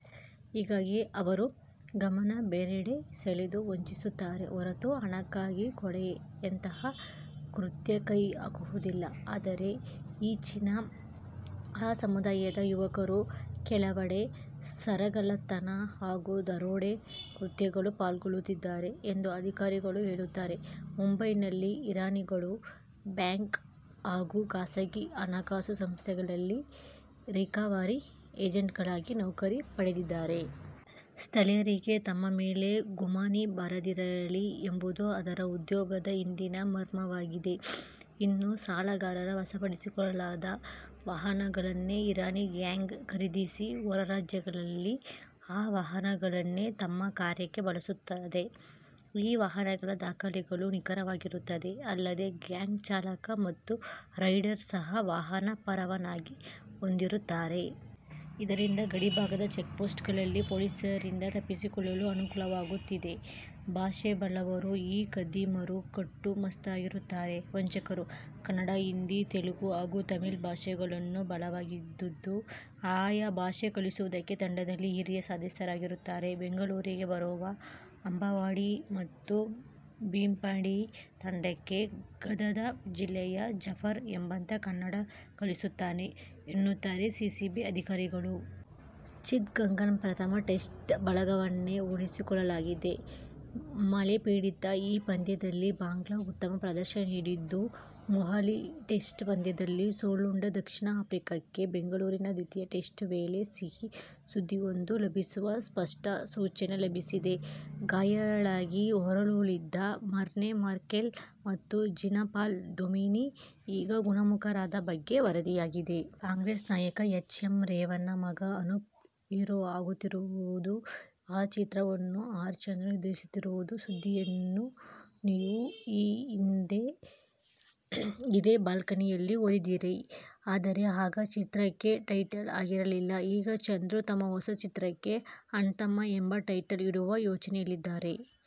ಹೀಗಾಗಿ ಅವರು, ಗಮನ ಬೇರೆಡೆ ಸೆಳೆದು ವಂಚಿಸುತ್ತಾರೆ ಹೊರತು ಹಣಕ್ಕಾಗಿ ಕೊಲೆಯಂತಹ ಕೃತ್ಯ ಕೈ ಹಾಕುವುದಿಲ್ಲ. ಆದರೆ, ಈಚಿನ ಆ ಸಮುದಾಯದ ಯುವಕರು, ಕೆಲವಡೆ ಸರಗಳ್ಳತನ ಹಾಗೂ ದರೋಡೆ ಕೃತ್ಯಗಳು ಪಾಲ್ಗೊಳ್ಳುತ್ತಿದ್ದಾರೆ ಎಂದು ಅಧಿಕಾರಿಗಳು ಹೇಳುತ್ತಾರೆ. ಮುಂಬೈನಲ್ಲಿ ಇರಾನಿಗಳು, ಬ್ಯಾಂಕ್ ಹಾಗೂ ಖಾಸಗಿ ಹಣಕಾಸು ಸಂಸ್ಥೆಗಳಲ್ಲಿ ರಿಕವರಿ ಏಜೆಂಟ್ಗಳಾಗಿ ನೌಕರಿ ಪಡೆದಿದ್ದಾರೆ. ಸ್ಥಳೀಯರಿಗೆ ತಮ್ಮ ಮೇಲೆ ಗುಮಾನಿ ಬಾರದಿರಲಿ ಎಂಬುದು ಅದರ ಉದ್ಯೋಗದ ಹಿಂದಿನ ಮರ್ಮವಾಗಿದೆ. ಇನ್ನು, ಸಾಲಗಾರರ ವಶಪಡಿಸಿಕೊಳ್ಳಲಾದ ವಾಹನಗಳನ್ನೇ ಇರಾನಿ ಗ್ಯಾಂಗ್ ಖರೀದಿಸಿ, ಹೊರ ರಾಜ್ಯಗಳಲ್ಲಿ ಆ ವಾಹನಗಳನ್ನೇ ತಮ್ಮ ''''ಕಾರ್ಯ''ಕ್ಕೆ ಬಳಸುತ್ತದೆ. ಈ ವಾಹನಗಳ ದಾಖಲೆಗಳು ನಿಖರವಾಗಿರುತ್ತವೆ. ಅಲ್ಲದೆ, ಗ್ಯಾಂಗ್ ಚಾಲಕ ಮತ್ತು ರೈಡರ್ ಸಹ ವಾಹನ ಪರವಾನಿಗೆ ಹೊಂದಿರುತ್ತಾರೆ. ಇದರಿಂದಾಗಿ ಗಡಿ ಭಾಗದ ಚೆಕ್ ಪೋಸ್ಟ್ಗಳಲ್ಲಿ ಪೊಲೀಸರಿಂದ ತಪ್ಪಿಸಿಕೊಳ್ಳಲು ಅನುಕೂಲವಾಗುತ್ತಿದೆ. ಭಾಷೆ ಬಲ್ಲವರು, ಈ ಖದೀಮರು, ಕಟ್ಟು ಮಸ್ತಾಗಿರುತ್ತಾರೆ. ವಂಚಕರು, ಕನ್ನಡ, ಹಿಂದಿ, ತೆಲಗು ಹಾಗೂ ತಮಿಳು ಭಾಷೆಗಳನ್ನು ಬಲ್ಲವರಾಗಿದ್ದು, ಆಯ ಭಾಷೆ ಕಲಿಸುವುದಕ್ಕೆ ತಂಡದಲ್ಲಿ ಹಿರಿಯ ಸದಸ್ಯರಿರುತ್ತಾರೆ. ಬೆಂಗಳೂರಿಗೆ ಬರುವ ಅಂಬಾವಾಡಿ ಮತ್ತು ಬಿಪಾಂಡಿಯ ತಂಡಕ್ಕೆ ಗದದ ಜಿಲ್ಲೆಯ ಜಾಫರ್ ಎಂಬಾತ ಕನ್ನಡ ಕಲಿಸುತ್ತಾನೆ ಎನ್ನುತ್ತಾರೆ ಸಿಸಿಬಿ ಅಧಿಕಾರಿಗಳು. ಚಿತ್ತಗಾಂಗ್ನ ಪ್ರಥಮ ಟೆಸ್ಟ್ ಬಳಗವನ್ನೇ ಉಳಿಸಿಕೊಳ್ಳಲಾಗಿದೆ. ಮಳೆಪೀಡಿತ ಈ ಪಂದ್ಯದಲ್ಲಿ ಬಾಂಗ್ಲಾ ಉತ್ತಮ ಪ್ರದರ್ಶನ ನೀಡಿತ್ತು. ಮೊಹಾಲಿ ಟೆಸ್ಟ್ ಪಂದ್ಯದಲ್ಲಿ ಸೋಲುಂಡ ದಕ್ಷಿಣ ಆಫ್ರಿಕಾಕ್ಕೆ ಬೆಂಗಳೂರಿನ ದ್ವಿತೀಯ ಟೆಸ್ಟ್ ವೇಳೆ ಸಿಹಿ ಸುದ್ದಿಯೊಂದು ಲಭಿಸುವ ಸ್ಪಷ್ಟ ಸೂಚನೆ ಲಭಿಸಿದೆ. ಗಾಯಾಳಾಗಿ ಹೊರಗುಳಿದಿದ್ದ ಮಾರ್ನೆ ಮಾರ್ಕೆಲ್ ಮತ್ತು ಜೀನಪಾಲ್ ಡ್ಯುಮಿನಿ ಈಗ ಗುಣಮುಖರಾದ ಬಗ್ಗೆ ವರದಿಯಾಗಿದೆ. ಕಾಂಗ್ರೆಸ್ ನಾಯಕ ಎಚ್. ಎಂ. ರೇವಣ್ಣ ಮಗ ಅನೂಪ್ ಹೀರೋಆಗುತ್ತಿರುವುದು, ಆ ಚಿತ್ರವನ್ನು ಆರ್. ಚಂದ್ರು ನಿರ್ದೇಶಿಸುತ್ತಿರುವ ಸುದ್ದಿಯನ್ನುನೀವು ಈ ಹಿಂದೆ ಇದೇ ಬಾಲ್ಕನಿಯಲ್ಲಿ ಓದಿದ್ದೀರಿ. ಆದರೆ, ಆಗ ಚಿತ್ರಕ್ಕೆ ಟೈಟಲ್ ಆಗಿರಲಿಲ್ಲ. ಈಗ ಚಂದ್ರು ತಮ್ಮ ಹೊಸ ಚಿತ್ರಕ್ಕೆ "ಅಣ್ತಮ್ಮ' ಎಂಬ ಟೈಟಲ್ ಇಡುವ ಯೋಚನೆಯಲ್ಲಿದ್ದಾರೆ.